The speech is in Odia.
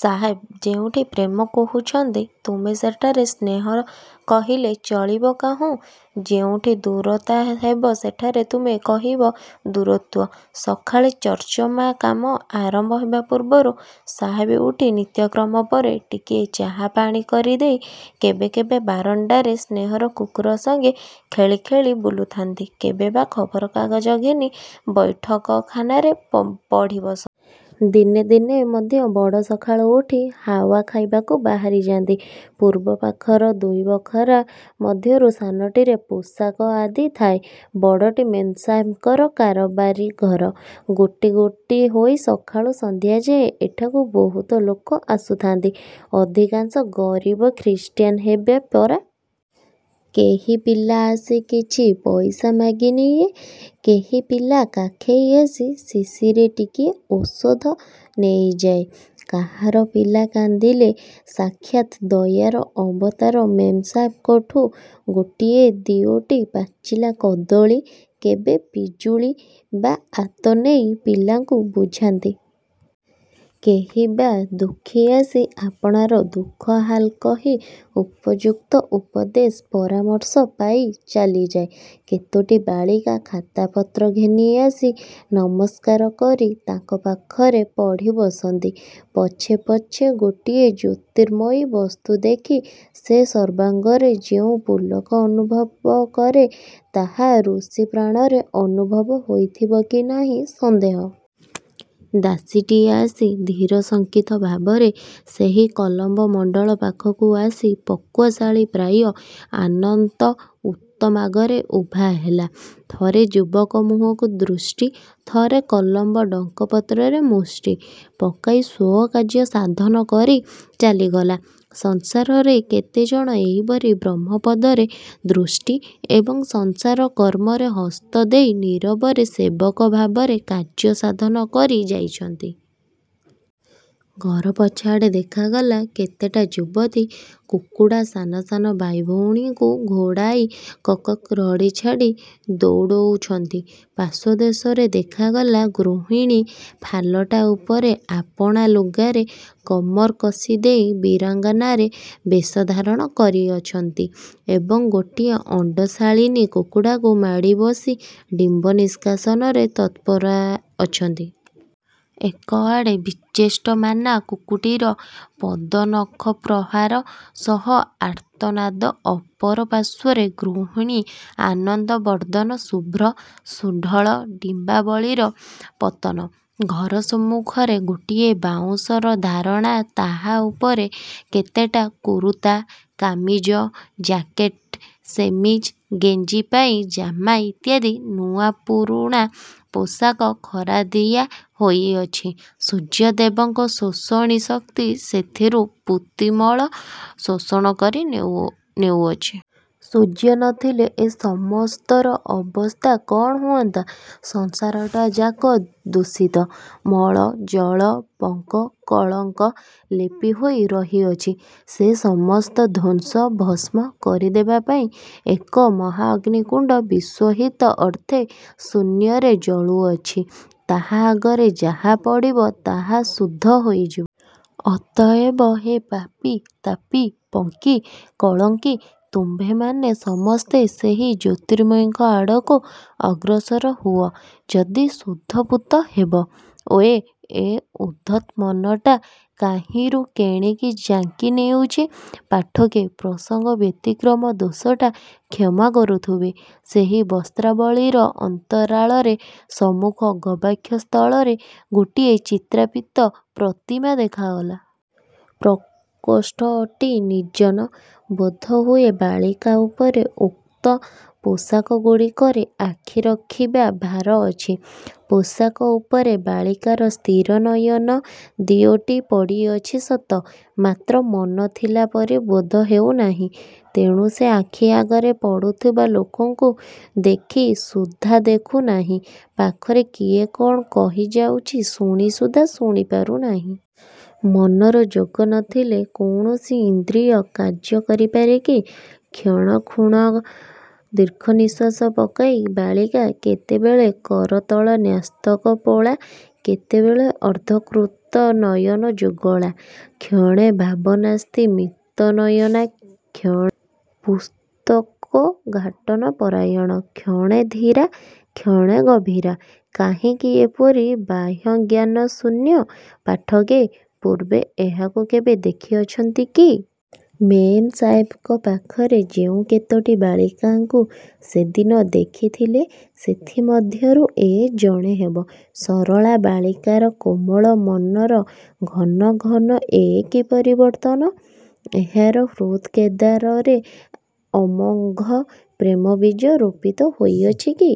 ସାହେବ ଯେଉଁଠି 'ପ୍ରେମ' କହୁଛନ୍ତି, ତୁମେ ସେଠାରେ 'ସ୍ନେହ' କହିଲେ ଚଳିବ କାହୁଁ? ଯେଉଁଠି 'ଦୂରତା' ହେବ-ସେଠାରେ ତୁମେ କହିବ 'ଦୂରତ୍ୱ'? ସକାଳେ ତର୍ଜମା କାମ ଆରମ୍ଭ ହେବା ପୂର୍ବରୁ ସାହେବ ଉଠି ନିତ୍ୟକର୍ମ ପରେ ଟିକିଏ ଚାହା ପାଣି କରିଦେଇ କେବେ କେବେ ବରଣ୍ତାରେ ସ୍ନେହର କୁକୁର ସଙ୍ଗେ ଖେଳି ଖେଳି ବୁଲୁଥାନ୍ତି କେବେ ବା ଖବରକାଗଜ ଘେନି ବୈଠକଖାନାରେ ପଢ଼ି ବସନ୍ତି। ଦିନେ ଦିନେ ମଧ୍ୟ ବଡ଼ ସକାଳୁ ଉଠି ହାଉଆ ଖାଇବାକୁ ବାହାରିଯାନ୍ତି। ପୂର୍ବପାଖର ଦୁଇ ବଖରା ମଧ୍ୟରୁ ସାନଟିରେ ପୋଷାକ ଆଦି ଥାଏ, ବଡ଼ଟି ମେମ୍ସାହେବଙ୍କର କାରବାରି ଘର। ଗୋଟି ଗୋଟି ହୋଇ ସକାଳୁ ସନ୍ଧ୍ୟାଯାଏ ଏଠାକୁ ବହୁତ ଲୋକ ଆସୁଥାନ୍ତି। ଅଧିକାଂଶ ଗରୀବ-ଖ୍ରୀଷ୍ଟାନ ହେବେ ପରା! କେହି ପିଲା ଆସି କିଛି ପଇସା ମାଗି ନିଏ କେହି ପିଲା କାଖେଇ ଆସି ଶିଶିରେ ଟିକିଏ ଔଷଧ ନେଇଯାଏ। କାହାର ପିଲା କାନ୍ଦିଲେ ସାକ୍ଷାତ୍ ଦୟାର ଅବତାର ମେମ ସାହେବଙ୍କଠୁଁ ଗୋଟିଏ ଦିଓଟି ପାଚିଲା କଦଳୀ କେବେ ପିଜୁଳି ବା ଆତ ନେଇ ପିଲାଙ୍କୁ ବୁଝାନ୍ତି। କେହି ବା ଦୁଃଖୀ ଆସି ଆପଣାର ଦୁଃଖ ହାଲ କହି ଉପଯୁକ୍ତ ଉପଦେଶ ପରାମର୍ଶ ପାଇ ଚାଲିଯାଏ। କେତୋଟି ବାଳିକା ଖାତାପତ୍ର ଘେନି ଆସି ନମସ୍କାର କରି ତାଙ୍କ ପାଖରେ ପଢ଼ି ବସନ୍ତି। ପଛେ ପଛେ ଗୋଟାଏ ଜ୍ୟୋତିର୍ମୟ ବସ୍ତୁ ଦେଖି ସେ ସର୍ବାଙ୍ଗରେ ଯେଉଁ ପୁଲକ ଅନୁଭବ କରେ, ତାହା ଋଷିପ୍ରାଣରେ ଅନୁଭବ ହୋଇଥିବ କି ନାହିଁ ସନ୍ଦେହ। ଦାସୀଟିଏ ଆସି ଧୀର ଶଙ୍କିତଭାବରେ ସେହି କଳମ୍ବ-ମଣ୍ତଳ ପାଖକୁ ଆସି ପକ୍ୱଶାଳି ପ୍ରାୟ ଆନତ ଉତ୍ତମାଙ୍ଗରେ ଉଭା ହେଲା। ଥରେ ଯୁବକ ମୁହଁକୁ ଦୃଷ୍ଟି, ଥରେ କଳମ୍ବ ଡଙ୍କ ପତ୍ରରେ ମୁଷ୍ଟି ପକାଇ ସ୍ୱକାର୍ଯ୍ୟ ସାଧନ କରି ଚାଲିଗଲା। ସଂସାରରେ କେତେଜଣ ଏହିପରି ବ୍ରହ୍ମପଦରେ ଦୃଷ୍ଟି ଏବଂ ସଂସାରକର୍ମରେ ହସ୍ତ ଦେଇ ନୀରବରେ ସେବକଭାବରେ କାର୍ଯ୍ୟ ସାଧନ କରି ଯାନ୍ତି! ଘର ପଛଆଡ଼େ ଦେଖାଗଲା, କେତେଟା ଯୁବତୀ କୁକୁଡ଼ା ସାନ ସାନ ଭାଇ ଭଉଣୀଙ୍କି ଘଉଡ଼ାଇ କକ୍କକ୍ ରଡ଼ି ଛାଡ଼ି ଦଉଡ଼ିଛନ୍ତି। ପାର୍ଶ୍ୱଦେଶରେ ଦେଖାଗଲା, ଗୃହିଣୀ ଫାଲଟା ଉପରେ ଆପଣା ଲୁଗାରେ କମର କଷିଦେଇ ବୀରାଙ୍ଗନାର ବେଶ ଧାରଣ କରିଅଛନ୍ତି ଏବଂ ଗୋଟାଏ ଅଣ୍ତଶାଳିନୀ କୁକୁଡ଼ାକୁ ମାଡ଼ି ବସି ଡିମ୍ବ ନିଷ୍କାଶନରେ ତତ୍ପରା ଅଛନ୍ତି। ଏକଆଡ଼େ ବିଚେଷ୍ଟମାନା କୁକ୍କୁଟୀର ପଦନଖପ୍ରହାର ସହ ଆର୍ତ୍ତନାଦ ଅପରପାର୍ଶ୍ୱରେ ଗୃହିଣୀ-ଆନନ୍ଦବର୍ଦ୍ଧନ ଶୁଭ୍ର ସୁଢଳ ଡିମ୍ବାବଳୀର ପତନ। ଘର ସମ୍ମୁଖରେ ଗୋଟିଏ ବାଉଁଶର ଧାରଣା ତାହା ଉପରେ କେତେଟା କୁରୁତା-କାମିଜ-ଜ୍ୟାକେଟ-ଶେମିଜ୍-ଗେଞ୍ଜି-ପାଇଜାମା ଇତ୍ୟାଦି ନୂଆ ପୁରୁଣା ପୋଷାକ ଖରା ଦିଆ ହୋଇଅଛି। ସୂର୍ଯ୍ୟଦେବଙ୍କ ଶୋଷଣୀ ଶକ୍ତି ସେଥିରୁ ପୂତିମଳ ଶୋଷଣ କରି ନେଉଅଛି। ସୂର୍ଯ୍ୟ ନ ଥିଲେ ଏ ସମସ୍ତର ଅବସ୍ଥା କଣ ହୁଅନ୍ତା! ସଂସାରଟା ଯାକ ତ ଦୂଷିତ ମଳ-ଜଳ-ପଙ୍କ-କଳଙ୍କ ଲେପି ହୋଇ ରହିଅଛି। ସେ ସମସ୍ତ ଧ୍ୱଂସ-ଭସ୍ମ କରିଦେବାପାଇଁ ଏକ ମହାଅଗ୍ନିକୁଣ୍ଡ ବିଶ୍ୱହିତ ଅର୍ଥେ ଶୂନ୍ୟରେ ଜଳୁଅଛି। ତାହା ଆଗରେ ଯାହା ପଡିବ, ତାହା ଶୁଦ୍ଧ ହୋଇଯିବ। ଅତଏବ ହେ ପାପୀ-ତାପୀ-ପଙ୍କୀ-କଳଙ୍କୀ, ତୁମ୍ଭେମାନେ ସମସ୍ତେ ସେହି ଜ୍ୟୋତିର୍ମୟଙ୍କ ଆଡ଼କୁ ଅଗ୍ରସର ହୁଅ ଯଦି ଶୁଦ୍ଧ ପୂତ ହେବ। ଓହୋ! ଏ ଉଦ୍ଧତ ମନଟା କାହିଁରୁ କେଣିକି ଝାଙ୍କି ନେଉଛି। ପାଠକେ, ପ୍ରସଙ୍ଗବ୍ୟତିକ୍ରମ ଦୋଷଟା କ୍ଷମା କରୁଥିବେ। ସେହି ବସ୍ତ୍ରାବଳୀର ଅନ୍ତରାଳରେ ସମ୍ମୁଖ ଗବାକ୍ଷ ସ୍ଥଳରେ ଗୋଟିଏ ଚିତ୍ରାର୍ପିତ ପ୍ରତିମା ଦେଖାଗଲା। ପ୍ରକୋଷ୍ଠଟି ନିର୍ଜନ, ବୋଧହୁଏ ବାଳିକା ଉପରେ ଉକ୍ତ ପୋଷାକଗୁଡ଼ିକରେ ଆଖି ରଖିବା ଭାର ଅଛି। ପୋଷାକ ଉପରେ ବାଳିକାର ସ୍ଥିର ନୟନ ଦିଓଟି ପଡ଼ିଅଛି ସତ, ମାତ୍ର ମନ ଥିଲା ପରି ବୋଧ ହେଉ ନାହିଁ। ତେଣୁ ସେ ଆଖି ଆଗରେ ପଡ଼ୁଥିବା ଲୋକଙ୍କୁ ଦେଖି ସୁଦ୍ଧା ଦେଖୁ ନାହିଁ ପାଖରେ କିଏ କଣ କହିଯାଉଛି, ଶୁଣି ସୁଦ୍ଧା ଶୁଣି ପାରୁ ନାହିଁ। ମନର ଯୋଗ ନଥିଲେ କୌଣସି ଇନ୍ଦ୍ରିୟ କାର୍ଯ୍ୟ କରି ପାରେ କି? କ୍ଷଣକୁକ୍ଷଣ ଦୀର୍ଘନିଶ୍ୱାସ ପକାଇ ବାଳିକା କେତେବେଳେ କରତଳନ୍ୟସ୍ତକପୋଳା, କେତେବେଳେ ଅଧଃକୃତନୟନଯୁଗଳା, କ୍ଷଣେ ଭାବନାସ୍ତିମିତନୟନା, କ୍ଷଣେ ପୁସ୍ତକୋଦ୍ଘାଟନପରାୟଣା, କ୍ଷଣେ ଧୀରା, କ୍ଷଣେ ଗମ୍ଭୀରା। କାହିଁକି ଏପରି ବାହ୍ୟଜ୍ଞାନଶୂନ୍ୟା? ପାଠକେ! ପୂର୍ବେ ଏହାକୁ କେବେ ଦେଖିଅଛନ୍ତି କି? ମେମ୍ସାହେବଙ୍କ ପାଖରେ ଯେଉଁ କେତୋଟି ବାଳିକାଙ୍କୁ ସେଦିନ ଦେଖିଥିଲେ, ସେଥି ମଧ୍ୟରୁ ଏ ଜଣେ ହେବ! ସରଳା ବାଳିକାର କୋମଳ ମନର ଘନ ଘନ ଏ କି ପରିବର୍ତ୍ତନ! ଏହାର ହୃଦକେଦାରରେ ଅମୋଘ ପ୍ରେମବୀଜ ରୋପିତ ହୋଇଅଛି କି?